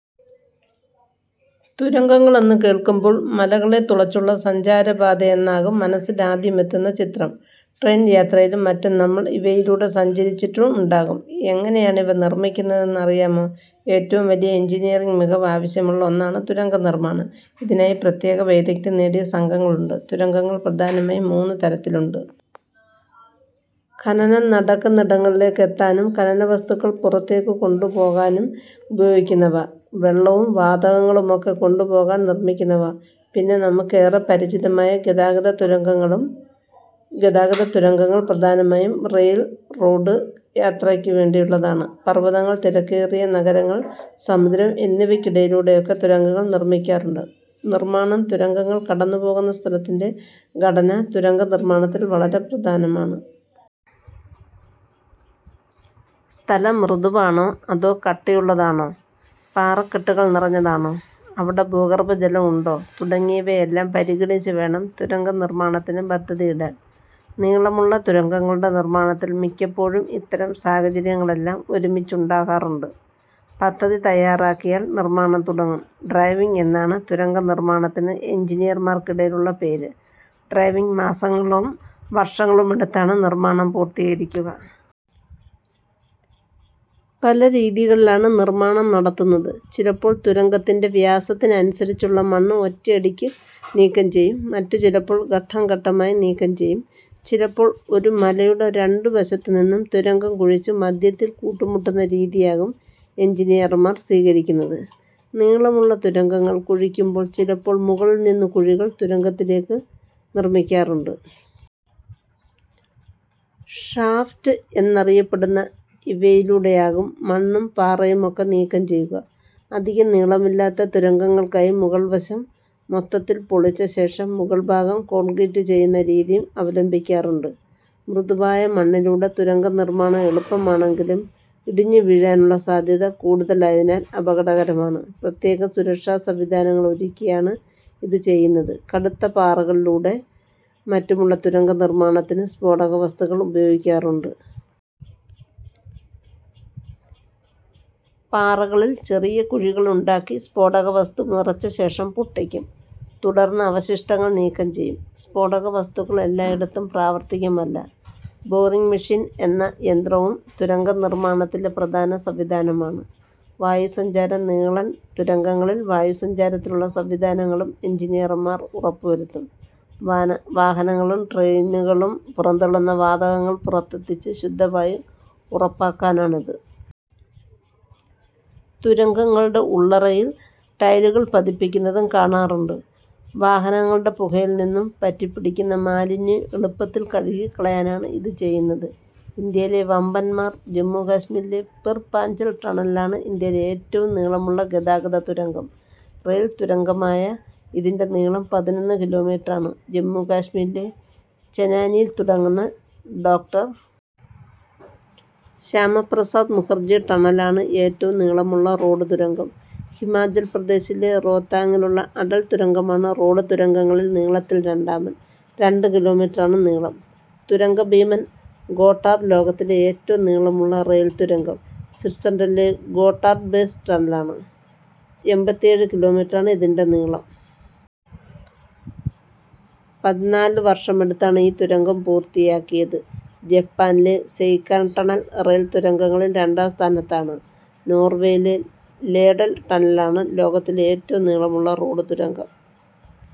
തുരങ്കങ്ങളെന്നു കേൾക്കുമ്പോൾ മലകളെ തുളച്ചുള്ള സഞ്ചാരപാതയെന്നാകും മനസ്സിൽ ആദ്യമെത്തുന്ന ചിത്രം. ട്രെയിൻ യാത്രയിലും മറ്റും നമ്മൾ ഇവയിലൂടെ സഞ്ചരിച്ചിട്ടുമുണ്ടാകും. എങ്ങനെയാണിവ നിർമിക്കുന്നതെന്ന് അറിയാമോ? ഏറ്റവും വലിയ എൻജിനീയറിങ് മികവ് ആവശ്യമുള്ള ഒന്നാണ് തുരങ്കനിർമാണം. ഇതിനായി പ്രത്യേക വൈദഗ്ധ്യം നേടിയ സംഘങ്ങളുണ്ട്. തുരങ്കങ്ങൾ പ്രധാനമായും മൂന്ന് തരത്തിലുണ്ട്. ഖനനം നടക്കുന്നിടങ്ങളിലേക്ക് എത്താനും ഖനന വസ്തുക്കൾ പുറത്തേക്കു കൊണ്ടുപോകാനും ഉപയോഗിക്കുന്നവ. വെള്ളവും വാതകങ്ങളുമൊക്കെ കൊണ്ടുപോകാൻ നിർമിക്കുന്നവ. പിന്നെ നമുക്കേറെ പരിചിതമായ ഗതാഗത തുരങ്കങ്ങളും. ഗതാഗതതുരങ്കങ്ങൾ പ്രധാനമായും റെയിൽ, റോഡ് യാത്രയ്ക്കു വേണ്ടിയുള്ളതാണ്. പർവതങ്ങൾ, തിരക്കേറിയ നഗരങ്ങൾ, സമുദ്രം എന്നിവയ്ക്കടിയിലൂടെയൊക്കെ തുരങ്കങ്ങൾ നിർമിക്കാറുണ്ട്. നിർമാണം തുരങ്കങ്ങൾ കടന്നുപോകുന്ന സ്ഥലത്തിന്റെ ഘടന തുരങ്കനിർമാണത്തിൽ വളരെ പ്രധാനമാണ്. സ്ഥലം മൃദുവാണോ അതോ കട്ടിയുള്ളതാണോ, പാറക്കെട്ടുകൾ നിറഞ്ഞതാണോ, അവിടെ ഭൂഗർഭജലം ഉണ്ടോ തുടങ്ങിയവയെല്ലാം പരിഗണിച്ചുവേണം തുരങ്കനിർമാണത്തിനു പദ്ധതിയിടാൻ. നീളമുള്ള തുരങ്കങ്ങളുടെ നിർമാണത്തിൽ മിക്കപ്പോഴും ഇത്തരം സാഹചര്യങ്ങളെല്ലാം ഒരുമിച്ചുണ്ടാകാറുണ്ട്. പദ്ധതി തയാറാക്കിയാൽ നിർമാണം തുടങ്ങും. ഡ്രൈവിങ് എന്നാണ് തുരങ്കനിർമാണത്തിന് എൻജിനീയർമാർക്കിടയിലുള്ള പേര്. ഡ്രൈവിങ് മാസങ്ങളും വർഷങ്ങളുമെടുത്താണ് നിർമാണം പൂർത്തീകരിക്കുക. പല രീതികളിലാണു നിർമാണം നടത്തുന്നത്. ചിലപ്പോൾ തുരങ്കത്തിന്റെ വ്യാസത്തിനനുസരിച്ചുള്ള മണ്ണ് ഒറ്റയടിക്കു നീക്കം ചെയ്യും. മറ്റു ചിലപ്പോൾ, ഘട്ടം ഘട്ടമായി നീക്കം ചെയ്യും. ചിലപ്പോൾ ഒരു മലയുടെ രണ്ടുവശത്തു നിന്നും തുരങ്കം കുഴിച്ച് മധ്യത്തിൽ കൂട്ടിമുട്ടുന്ന രീതിയാകും എൻജിനീയർമാർ സ്വീകരിക്കുന്നത്. നീളമുള്ള തുരങ്കങ്ങൾ കുഴിക്കുമ്പോൾ ചിലപ്പോൾ മുകളിൽ നിന്നു കുഴികൾ തുരങ്കത്തിലേക്കു നിർമിക്കാറുണ്ട്. ഷാഫ്റ്റ് എന്നറിയപ്പെടുന്ന ഇവയിലൂടെയാകും മണ്ണും പാറയുമൊക്കെ നീക്കം ചെയ്യുക. അധികം നീളമില്ലാത്ത തുരങ്കങ്ങൾക്കായി മുകൾവശം മൊത്തത്തിൽ പൊളിച്ച ശേഷം മുകൾഭാഗം കോൺക്രീറ്റ് ചെയ്യുന്ന രീതിയും അവലംബിക്കാറുണ്ട്. മൃദുവായ മണ്ണിലൂടെ തുരങ്കനിർമാണം എളുപ്പമാണെങ്കിലും ഇടിഞ്ഞുവീഴാനുള്ള സാധ്യത കൂടുതലായതിനാൽ അപകടകരമാണ്. പ്രത്യേക സുരക്ഷാസംവിധാനങ്ങൾ ഒരുക്കിയാണ് ഇതു ചെയ്യുന്നത്. കടുത്ത പാറകളിലൂടെയും മറ്റുമുള്ള തുരങ്കനിർമാണത്തിന് സ്ഫോടകവസ്തുക്കൾ ഉപയോഗിക്കാറുണ്ട്. പാറകളിൽ ചെറിയ കുഴികളുണ്ടാക്കി സ്ഫോടകവസ്തു നിറച്ചശേഷം പൊട്ടിക്കും. തുടർന്ന് അവശിഷ്ടങ്ങൾ നീക്കം ചെയ്യും. സ്ഫോടകവസ്തുക്കൾ എല്ലായിടത്തും പ്രാവർത്തികമല്ല. ബോറിങ് മെഷീൻ എന്ന യന്ത്രവും തുരങ്കനിർമാണത്തിലെ പ്രധാന സംവിധാനമാണ്. വായുസഞ്ചാരം നീളൻ തുരങ്കങ്ങളിൽ വായുസഞ്ചാരത്തിനുള്ള സംവിധാനങ്ങളും എൻജിനീയർമാർ ഉറപ്പുവരുത്തും. വാഹനങ്ങളും ട്രെയിനുകളും പുറന്തള്ളുന്ന വാതകങ്ങൾ പുറത്തെത്തിച്ച് ശുദ്ധവായു ഉറപ്പാക്കാനാണ് ഇത്. തുരങ്കങ്ങളുടെ ഉള്ളറയിൽ ടൈലുകൾ പതിപ്പിക്കുന്നതും കാണാറുണ്ട്. വാഹനങ്ങളുടെ പുകയിൽ നിന്നു പറ്റിപ്പിടിക്കുന്ന മാലിന്യം എളുപ്പത്തിൽ കഴുകിക്കളയാനാണ് ഇതു ചെയ്യുന്നത്. ഇന്ത്യയിലെ വമ്പൻമാർ ജമ്മു കശ്മീരിലെ പിർ പാഞ്ചാൽ ടണലാണ് ഇന്ത്യയിലെ ഏറ്റവും നീളമുള്ള ഗതാഗത തുരങ്കം. റെയിൽ തുരങ്കമായ ഇതിന്റെ നീളം പതിനൊന്ന് കിലോമീറ്ററാണ്. ജമ്മു കശ്മീരിലെ ചെനാനിയിൽ തുടങ്ങുന്ന ഡോ. ശ്യാമപ്രസാദ് മുഖർജി ടണലാണ് ഏറ്റവും നീളമുള്ള റോഡ് തുരങ്കം ഹിമാചൽ പ്രദേശിലെ റോത്താങ്ങിലുള്ള അടൽ തുരങ്കമാണ് റോഡ് തുരങ്കങ്ങളിൽ നീളത്തിൽ രണ്ടാമൻ. രണ്ട് കിലോമീറ്ററാണ് നീളം. തുരങ്കഭീമൻ ഗോട്ടാർഡ് ലോകത്തിലെ ഏറ്റവും നീളമുള്ള റെയിൽ തുരങ്കം സ്വിറ്റ്സർലൻഡിലെ ഗോട്ടാർഡ് ബേസ് ടണലാണ്. അമ്പത്തിഏഴ് കിലോമീറ്ററാണ് ഇതിന്റെ നീളം. പതിനാലുവർഷമെടുത്താണ് ഈ തുരങ്കം പൂർത്തിയാക്കിയത്. ജപ്പാനിലെ സെയ്കൻ ടണൽ റെയിൽ തുരങ്കങ്ങളിൽ രണ്ടാം സ്ഥാനത്താണ്. നോർവേയിലെ ലേഡൽ ടണലാണ് ലോകത്തിലെ ഏറ്റവും നീളമുള്ള റോഡ് തുരങ്കം.